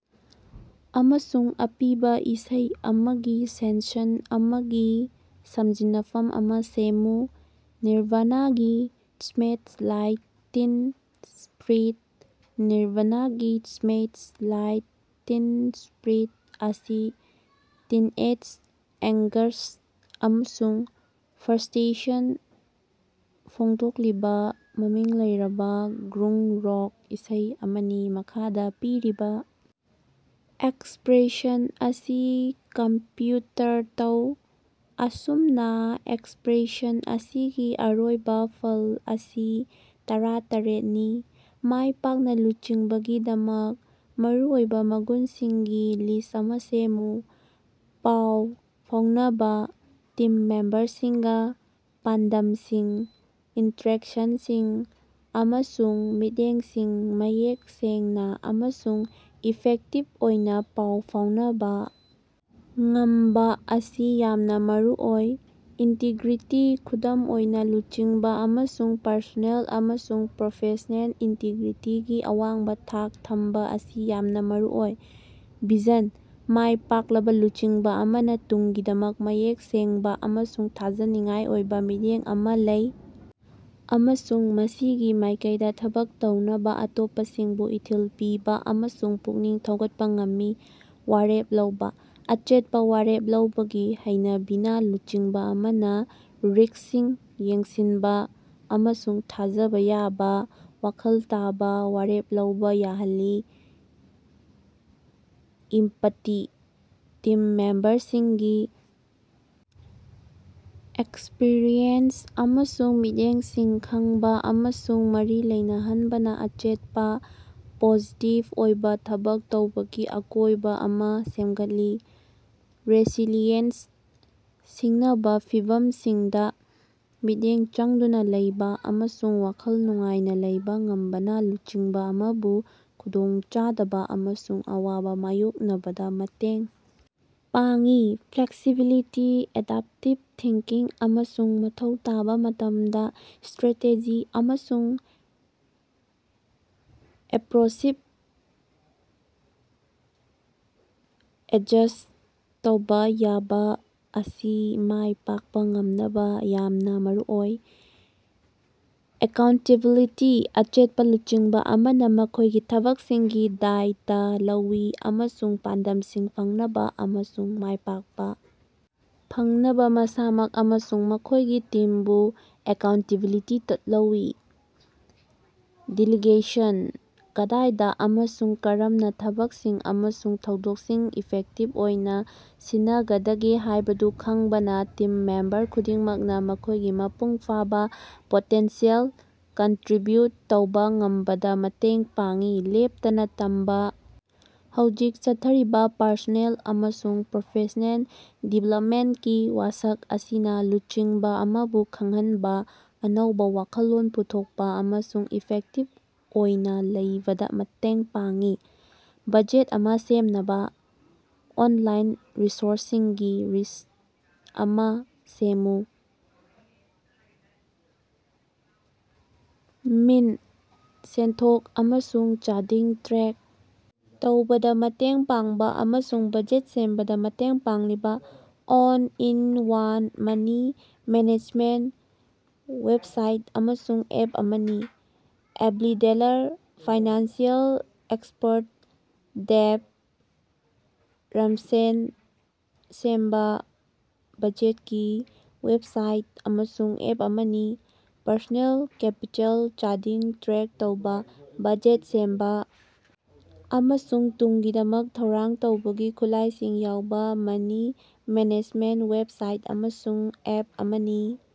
ꯑꯃꯁꯨꯡ ꯑꯄꯤꯕꯥ ꯏꯁꯩ ꯑꯃꯒꯤ ꯁꯦꯟꯁꯟ ꯑꯃꯒꯤ ꯁꯝꯖꯤꯟꯅꯐꯝ ꯑꯃꯥ ꯁꯦꯝꯃꯨ꯫ ꯅꯤꯔꯕꯥꯅꯥꯒꯤ ꯁ꯭ꯃꯦꯜꯁ ꯂꯥꯏꯛ ꯇꯤꯟ ꯁ꯭ꯄꯤꯔꯤꯠ꯫ ꯅꯤꯔꯕꯥꯅꯥꯒꯤ ꯁ꯭ꯃꯦꯜꯁ ꯂꯥꯏꯛ ꯇꯤꯟ ꯁ꯭ꯄꯤꯔꯤꯠ ꯑꯁꯤ ꯇꯤꯟꯑꯦꯖ ꯑꯦꯡꯒꯁ꯭ꯠ ꯑꯃꯁꯨꯡ ꯐ꯭ꯔꯁ꯭ꯇꯦꯁꯟ ꯐꯣꯡꯗꯣꯛꯂꯤꯕ ꯃꯃꯤꯡ ꯂꯩꯔꯕ ꯒ꯭ꯔꯨꯡ ꯔꯣꯛ ꯏꯁꯩ ꯑꯃꯅꯤ꯫ ꯃꯈꯥꯗ ꯄꯤꯔꯤꯕ ꯑꯦꯛꯁꯄ꯭ꯔꯦꯁꯟ ꯑꯁꯤ ꯀꯝꯄ꯭ꯌꯨꯇꯔ ꯇꯧ꯫ ꯑꯁꯨꯝꯅ, ꯑꯦꯛꯁꯄ꯭ꯔꯦꯁꯟ ꯑꯁꯤꯒꯤ ꯑꯔꯣꯏꯕ ꯐꯜ ꯑꯁꯤ ꯇꯔꯥꯇꯔ‌ꯦꯠꯅꯤ꯫ ꯃꯥꯏꯄꯥꯛꯅ ꯂꯨꯆꯤꯡꯕꯒꯤꯗꯃꯛ ꯃꯔꯨꯑꯣꯏꯕ ꯃꯒꯨꯟꯁꯤꯡꯒꯤ ꯂꯤꯁ꯭ꯠ ꯑꯃꯥ ꯁꯦꯝꯃꯨ꯫ ꯄꯥꯎ ꯐꯥꯎꯅꯕ: ꯇꯤꯝ ꯃꯦꯝꯕꯔꯁꯤꯡꯒꯥ ꯄꯥꯟꯗꯝꯁꯤꯡ, ꯏꯟꯇ꯭ꯔꯛꯁꯟꯁꯤꯡ ꯑꯃꯁꯨꯡ ꯃꯤꯠꯌꯦꯡꯁꯤꯡ ꯃꯌꯦꯛ ꯁꯦꯡꯅ ꯑꯃꯁꯨꯡ ꯏꯐꯦꯛꯇꯤꯕ ꯑꯣꯏꯅ ꯄꯥꯎ ꯐꯥꯎꯅꯕ ꯉꯝꯕ ꯑꯁꯤ ꯌꯥꯝꯅ ꯃꯔꯨꯑꯣꯏ꯫ ꯏꯟꯇꯤꯒ꯭ꯔꯤꯇꯤ: ꯈꯨꯗꯝ ꯑꯣꯏꯅ ꯂꯨꯆꯤꯡꯕ ꯑꯃꯁꯨꯡ ꯄꯔꯁꯣꯅꯦꯜ ꯑꯃꯁꯨꯡ ꯄ꯭ꯔꯣꯐꯦꯁ꯭ꯅꯦꯜ ꯏꯟꯇꯤꯒ꯭ꯔꯤꯇꯤꯒꯤ ꯑꯋꯥꯡꯕ ꯊꯥꯛ ꯊꯝꯕ ꯑꯁꯤ ꯌꯥꯝꯅ ꯃꯔꯨꯑꯣꯏ꯫ ꯚꯤꯖꯟ: ꯃꯥꯏ ꯄꯥꯛꯂꯕ ꯂꯨꯆꯤꯡꯕ ꯑꯃꯅ ꯇꯨꯡꯒꯤꯗꯃꯛ ꯃꯌꯦꯛ ꯁꯦꯡꯕ ꯑꯃꯁꯨꯡ ꯊꯥꯖꯅꯤꯡꯉꯥꯏ ꯑꯣꯏꯕ ꯃꯤꯠꯌꯦꯡ ꯑꯃꯥ ꯂꯩ, ꯑꯃꯁꯨꯡ ꯃꯁꯤꯒꯤ ꯃꯥꯏꯀꯩꯗ ꯊꯕꯛ ꯇꯧꯅꯕ ꯑꯇꯣꯞꯄꯁꯤꯡꯕꯨ ꯏꯊꯤꯜ ꯄꯤꯕ ꯑꯃꯁꯨꯡ ꯄꯨꯛꯅꯤꯡ ꯊꯧꯒꯠꯄ ꯉꯝꯃꯤ꯫ ꯋꯥꯔꯦꯞ ꯂꯧꯕ: ꯑꯆꯦꯠꯄ ꯋꯥꯔꯦꯞ ꯂꯧꯕꯒꯤ ꯍꯩꯅꯕꯤꯅ ꯂꯨꯆꯤꯡꯕ ꯑꯃꯅ ꯔꯤꯁ꯭ꯛꯁꯤꯡ ꯌꯦꯡꯁꯤꯟꯕ ꯑꯃꯁꯨꯡ ꯊꯥꯖꯕ ꯌꯥꯕ, ꯋꯥꯈꯜ ꯇꯥꯕ ꯋꯥꯔꯦꯞ ꯂꯧꯕ ꯌꯥꯍꯜꯂꯤ꯫ ꯏꯝꯄꯥꯇꯤ: ꯇꯤꯝ ꯃꯦꯝꯕꯔꯁꯤꯡꯒꯤ ꯑꯦꯛꯁꯄ꯭ꯔꯤꯌꯦꯟꯁ ꯑꯃꯁꯨꯡ ꯃꯤꯠꯌꯦꯡꯁꯤꯡ ꯈꯪꯕ ꯑꯃꯁꯨꯡ ꯃꯔꯤ ꯂꯩꯅꯍꯟꯕꯅ ꯑꯆꯦꯠꯄꯥ, ꯄꯣꯖꯤꯇꯤꯕ ꯑꯣꯏꯕ ꯊꯕꯛ ꯇꯧꯕꯒꯤ ꯑꯀꯣꯏꯕ ꯑꯃꯥ ꯁꯦꯝꯒꯠꯂꯤ꯫ ꯔꯦꯁꯤꯂꯤꯌꯦꯟꯁ: ꯁꯤꯡꯅꯕ ꯐꯤꯚꯝꯁꯤꯡꯗ ꯃꯤꯠꯌꯦꯡ ꯆꯪꯗꯨꯅ ꯂꯩꯕ ꯑꯃꯁꯨꯡ ꯋꯥꯈꯜ ꯅꯨꯡꯉꯥꯏꯅ ꯂꯩꯕ ꯉꯝꯕꯅ ꯂꯨꯆꯤꯡꯕ ꯑꯃꯕꯨ ꯈꯨꯗꯣꯡꯆꯥꯗꯕ ꯑꯃꯁꯨꯡ ꯑꯋꯥꯕ ꯃꯥꯌꯣꯛꯅꯕꯗ ꯃꯇꯦꯡ ꯄꯥꯡꯏ꯫ ꯐ꯭ꯂꯦꯛꯁꯤꯕꯤꯂꯤꯇꯤ: ꯑꯦꯗꯥꯕꯇꯤꯕ ꯊꯤꯡꯀꯤꯡ ꯑꯃꯁꯨꯡ ꯃꯊꯧ ꯇꯥꯕ ꯃꯇꯝꯗ ꯁ꯭ꯇꯔꯦꯇꯦꯖꯤ ꯑꯃꯁꯨꯡ ꯑꯦꯄ꯭ꯔꯣꯆꯁꯤꯕ ꯑꯦꯗꯖꯁ꯭ꯠ ꯇꯧꯕ ꯌꯥꯕ ꯑꯁꯤ ꯃꯥꯏ ꯄꯥꯛꯄ ꯉꯝꯅꯕ ꯌꯥꯝꯅ ꯃꯔꯨꯑꯣꯏ꯫ ꯑꯦꯀꯥꯎꯟꯇꯦꯕꯤꯂꯤꯇꯤ: ꯑꯆꯦꯠꯄ ꯂꯨꯆꯤꯡꯕ ꯑꯃꯅ ꯃꯈꯣꯏꯒꯤ ꯊꯕꯛꯁꯤꯡꯒꯤ ꯗꯥꯏꯠ ꯂꯧꯏ ꯑꯃꯁꯨꯡ ꯄꯥꯟꯗꯝꯁꯤꯡ ꯐꯪꯅꯕ ꯑꯃꯁꯨꯡ ꯃꯥꯏꯄꯥꯛꯄ ꯐꯪꯅꯕ ꯃꯁꯥꯃꯛ ꯑꯃꯁꯨꯡ ꯃꯈꯣꯏꯒꯤ ꯇꯤꯝꯕꯨ ꯑꯦꯀꯥꯎꯟꯇꯦꯕꯤꯂꯤꯇꯤ ꯂꯧꯏ꯫ ꯗꯦꯂꯤꯒꯦꯁꯟ: ꯀꯗꯥꯏꯗ ꯑꯃꯁꯨꯡ ꯀꯔꯝꯅ ꯊꯕꯛꯁꯤꯡ ꯑꯃꯁꯨꯡ ꯊꯧꯗꯥꯡꯁꯤꯡ ꯏꯐꯦꯛꯇꯤꯕ ꯑꯣꯏꯅ ꯁꯤꯟꯅꯒꯗꯒꯦ ꯍꯥꯏꯕꯗꯨ ꯈꯪꯕꯅ ꯇꯤꯝ ꯃꯦꯝꯕꯔ ꯈꯨꯗꯤꯡꯃꯛꯅ ꯃꯈꯣꯏꯒꯤ ꯃꯄꯨꯡ ꯐꯥꯕ ꯄꯣꯇꯦꯟꯁꯤꯌꯦꯜꯗ ꯀꯟꯇꯔꯤꯕ꯭ꯌꯨꯠ ꯇꯧꯕ ꯉꯝꯕꯗ ꯃꯇꯦꯡ ꯄꯥꯡꯏ꯫ ꯂꯦꯞꯇꯅ ꯇꯝꯕꯥ: ꯍꯧꯖꯤꯛ ꯆꯠꯊꯔꯤꯕ ꯄꯔꯁꯣꯅꯦꯜ ꯑꯃꯁꯨꯡ ꯄ꯭ꯔꯣꯐꯦꯁ꯭ꯅꯦꯜ ꯗꯤꯕꯦꯂꯞꯃꯦꯟꯇꯀꯤ ꯋꯥꯁꯛ ꯑꯁꯤꯅ ꯂꯨꯆꯤꯡꯕ ꯑꯃꯕꯨ ꯈꯪꯍꯟꯕ, ꯑꯅꯧꯕ ꯋꯥꯈꯜꯂꯣꯟ ꯄꯨꯊꯣꯛꯄꯥ ꯑꯃꯁꯨꯡ ꯏꯐꯦꯛꯇꯤꯕ ꯑꯣꯏꯅ ꯂꯩꯕꯗ ꯃꯇꯦꯡ ꯄꯥꯡꯏ꯫ ꯕꯖꯦꯠ ꯑꯃ ꯁꯦꯝꯅꯕ ꯑꯣꯟꯂꯥꯏꯟ ꯔꯤꯁꯣꯔꯁꯁꯤꯡꯒꯤ ꯂꯤꯁ꯭ꯠ ꯑꯃ ꯁꯦꯝꯃꯨ꯫ ꯃꯤꯟꯇ: ꯁꯦꯟꯊꯣꯛ ꯑꯃꯁꯨꯡ ꯆꯥꯗꯤꯡ ꯇ꯭ꯔꯦꯛ ꯇꯧꯕꯗ ꯃꯇꯦꯡ ꯄꯥꯡꯕ, ꯑꯃꯁꯨꯡ ꯕꯖꯦꯠ ꯁꯦꯝꯕꯗ ꯃꯇꯦꯡ ꯄꯥꯡꯂꯤꯕꯥ ꯑꯣꯜ-ꯏꯟ-ꯋꯥꯟ ꯃꯅꯤ ꯃꯦꯅꯦꯖꯃꯦꯟꯠ ꯋꯦꯕꯁꯥꯏꯠ ꯑꯃꯁꯨꯡ ꯑꯦꯞ ꯑꯃꯅꯤ꯫ ꯑꯦꯚꯔꯤꯗꯂꯔ: ꯐꯥꯏꯅꯥꯟꯁꯤꯑꯦꯜ ꯑꯦꯛꯁꯄꯔꯠ, ꯗꯦꯕ ꯔꯥꯝꯁꯦꯅ ꯁꯦꯝꯕ ꯕꯖꯦꯠꯀꯤ ꯋꯦꯕꯁꯥꯏꯠ ꯑꯃꯁꯨꯡ ꯑꯦꯞ ꯑꯃꯅꯤ꯫ ꯄꯔꯁꯣꯅꯦꯜ ꯀꯦꯄꯤꯇꯦꯜ: ꯆꯥꯗꯤꯡ ꯇ꯭ꯔꯦꯛ ꯇꯧꯕ, ꯕꯖꯦꯠ ꯁꯦꯝꯕ, ꯑꯃꯁꯨꯡ ꯇꯨꯡꯒꯤꯗꯃꯛ ꯊꯧꯔꯥꯡ ꯇꯧꯕꯒꯤ ꯈꯨꯠꯂꯥꯏꯁꯤꯡ ꯌꯥꯎꯕ ꯃꯅꯤ ꯃꯦꯅꯦꯖꯃꯦꯟꯠ ꯋꯦꯕꯁꯥꯏꯠ ꯑꯃꯁꯨꯡ ꯑꯦꯞ ꯑꯃꯅꯤ꯫